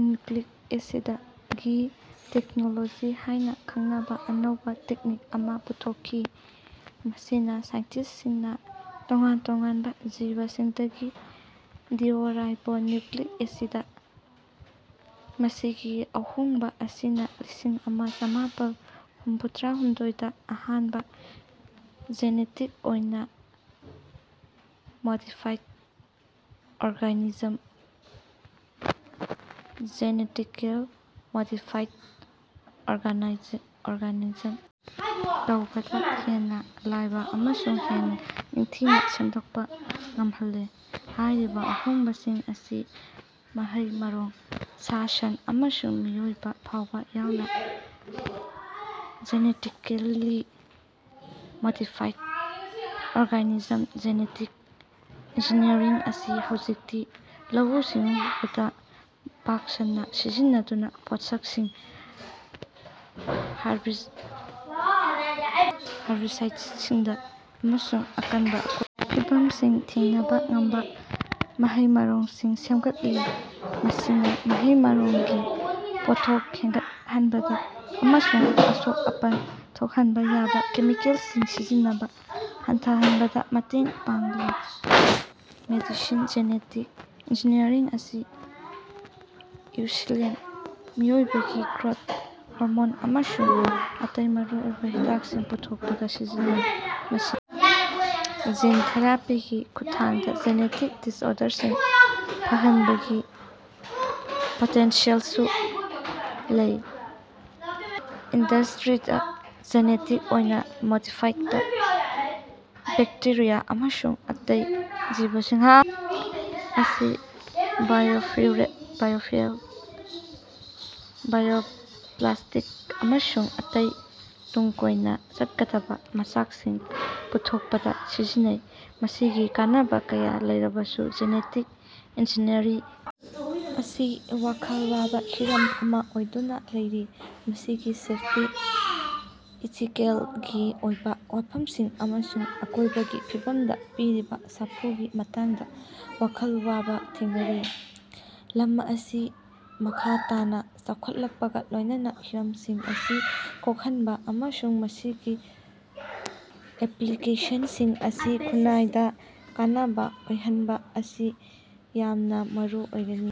Nucleic acid ꯒꯤ technology ꯍꯥꯏꯅ ꯈꯪꯅꯕ ꯑꯅꯧꯕ ꯇꯦꯛꯅꯤꯛ ꯑꯃ ꯄꯨꯊꯣꯛꯈꯤ, ꯃꯁꯤꯅ ꯁꯥꯏꯟꯇꯤꯁꯁꯤꯡꯅ ꯇꯣꯉꯥꯟ ꯇꯣꯉꯥꯟꯕ ꯖꯤꯕꯁꯤꯡꯗꯒꯤ ꯗꯤꯑꯣꯔꯥꯏꯕꯣ ꯅ꯭ꯌꯨꯀ꯭ꯂꯤꯛ ꯑꯦꯁꯤꯗ ꯃꯁꯤꯒꯤ ꯑꯍꯣꯡꯕ ꯑꯁꯤꯅ ꯂꯤꯁꯤꯡꯑꯃ ꯆꯥꯃꯥꯄꯜ ꯍꯨꯝꯐꯨꯇꯔꯥꯍꯨꯝꯗꯣꯏ ꯗ ꯑꯍꯥꯟꯕ ꯖꯦꯅꯦꯇꯤꯛ ꯑꯣꯏꯅ modified organism (genetically modified organism) ꯇꯧꯕꯗ ꯍꯦꯟꯅ ꯂꯥꯏꯕ ꯑꯃꯁꯨꯡ ꯍꯦꯟꯅ ꯅꯤꯡꯊꯤꯅ ꯁꯦꯝꯗꯣꯛꯄ ꯉꯝꯍꯜꯂꯦ꯫ ꯍꯥꯏꯔꯤꯕ ꯑꯍꯣꯡꯕꯁꯤꯡ ꯑꯁꯤ ꯃꯍꯩ-ꯃꯔꯣꯡ, ꯁꯥ-ꯁꯟ, ꯑꯃꯁꯨꯡ ꯃꯤꯑꯣꯏꯕ ꯐꯥꯎꯕ ꯌꯥꯎꯅ genetically modified organism genetic engineering ꯑꯁꯤ ꯍꯧꯖꯤꯛꯇꯤ ꯂꯧꯎ-ꯁꯤꯡꯎꯗ ꯄꯥꯛ ꯁꯟꯅ ꯁꯤꯖꯤꯟꯅꯗꯨꯅ ꯄꯣꯠꯁꯛꯁꯤꯡ, ꯍꯥꯔꯕꯤꯁꯥꯏꯗꯁꯤꯡꯗ ꯑꯃꯁꯨꯡ ꯑꯀꯟꯕ ꯑꯀꯣꯏꯕꯒꯤ ꯐꯤꯕꯝꯁꯤꯡ ꯊꯦꯡꯅꯕ ꯉꯝꯕ ꯃꯍꯩ-ꯃꯔꯣꯡꯁꯤꯡ ꯁꯦꯝꯒꯠꯂꯤ꯫ ꯃꯁꯤꯅ ꯃꯍꯩ-ꯃꯔꯣꯡꯒꯤ ꯄꯣꯠꯊꯣꯛ ꯍꯦꯟꯒꯠꯍꯟꯕꯗ ꯑꯃꯁꯨꯡ ꯑꯁꯣꯛ-ꯑꯄꯟ ꯊꯣꯛꯍꯟꯕ ꯌꯥꯕ ꯀꯦꯃꯤꯀꯦꯜꯁꯤꯡ ꯁꯤꯖꯤꯟꯅꯕ ꯍꯟꯊꯍꯟꯕꯗ ꯃꯇꯦꯡ ꯄꯥꯡꯂꯦ꯫ ꯃꯦꯗꯤꯁꯤꯟ ꯖꯦꯅꯦꯇꯤꯛ ꯏꯟꯖꯤꯅꯤꯌꯔꯤꯡ ꯑꯁꯤ ꯏꯟꯁꯨꯂꯤꯟ, ꯃꯤꯑꯣꯏꯕꯒꯤ ꯒ꯭ꯔꯣꯊ ꯍꯣꯔꯃꯣꯟ ꯑꯃꯁꯨꯡ ꯑꯇꯩ ꯃꯔꯨꯑꯣꯏꯕ ꯍꯤꯗꯥꯛꯁꯤꯡ ꯄꯨꯊꯣꯛꯄꯗ ꯁꯤꯖꯤꯟꯅꯩ꯫ ꯃꯁꯤꯅ ꯖꯤꯟ ꯊꯦꯔꯥꯄꯤꯒꯤ ꯈꯨꯠꯊꯥꯡꯗ ꯖꯦꯅꯦꯇꯤꯛ ꯗꯤꯁꯑꯣꯔꯗꯔꯁꯤꯡ ꯐꯍꯟꯕꯒꯤ ꯄꯣꯇꯦꯟꯁꯤꯌꯦꯜꯁꯨ ꯂꯩ꯫ ꯏꯟꯗꯁꯇ꯭ꯔꯤꯗ, ꯖꯦꯅꯦꯇꯤꯛ ꯑꯣꯏꯅ ꯃꯣꯗꯤꯐꯥꯏꯗ ꯕꯦꯛꯇꯦꯔꯤꯌꯥ ꯑꯃꯁꯨꯡ ꯑꯇꯩ ꯖꯤꯕꯁꯤꯡ ꯑꯁꯤ ꯕꯥꯏꯑꯣꯐ꯭ꯌꯨꯑꯦꯜ, ꯕꯥꯏꯑꯣꯄ꯭ꯂꯥꯁꯇꯤꯛ, ꯑꯃꯁꯨꯡ ꯑꯇꯩ ꯇꯨꯡ ꯀꯣꯏꯅ ꯆꯠꯀꯗꯕ ꯃꯆꯥꯛꯁꯤꯡ ꯄꯨꯊꯣꯛꯄꯗ ꯁꯤꯖꯤꯟꯅꯩ꯫ ꯃꯁꯤꯒꯤ ꯀꯥꯟꯅꯕ ꯀꯌꯥ ꯂꯩꯔꯕꯁꯨ, ꯖꯦꯅꯦꯇꯤꯛ ꯏꯟꯖꯤꯅꯤꯌꯔꯤꯡ ꯑꯁꯤ ꯋꯥꯈꯜ ꯋꯥꯕ ꯍꯤꯔꯝ ꯑꯃ ꯑꯣꯏꯗꯨꯅ ꯂꯩꯔꯤ, ꯃꯁꯤꯒꯤ ꯁꯦꯐꯇꯤ, ꯏꯊꯤꯀꯦꯜꯒꯤ ꯑꯣꯏꯕ ꯋꯥꯐꯝꯁꯤꯡ ꯑꯃꯁꯨꯡ ꯑꯀꯣꯏꯕꯒꯤ ꯐꯤꯕꯝꯗ ꯄꯤꯔꯤꯕ ꯁꯥꯐꯨꯒꯤ ꯃꯇꯥꯡꯗ ꯋꯥꯈꯜ ꯋꯥꯕ ꯊꯦꯡꯅꯔꯤ꯫ ꯂꯝ ꯑꯁꯤ ꯃꯈꯥ ꯇꯥꯅ ꯆꯥꯎꯈꯠꯂꯛꯄꯒ ꯂꯣꯏꯅꯅ ꯍꯤꯔꯝꯁꯤꯡ ꯑꯁꯤ ꯀꯣꯛꯍꯟꯕ ꯑꯃꯁꯨꯡ ꯃꯁꯤꯒꯤ ꯑꯦꯄ꯭ꯂꯤꯀꯦꯁꯟꯁꯤꯡ ꯑꯁꯤ ꯈꯨꯟꯅꯥꯏꯗ ꯀꯥꯟꯅꯕ ꯑꯣꯏꯍꯟꯕ ꯑꯁꯤ ꯌꯥꯝꯅ ꯃꯔꯨ ꯑꯣꯏꯒꯅꯤ꯫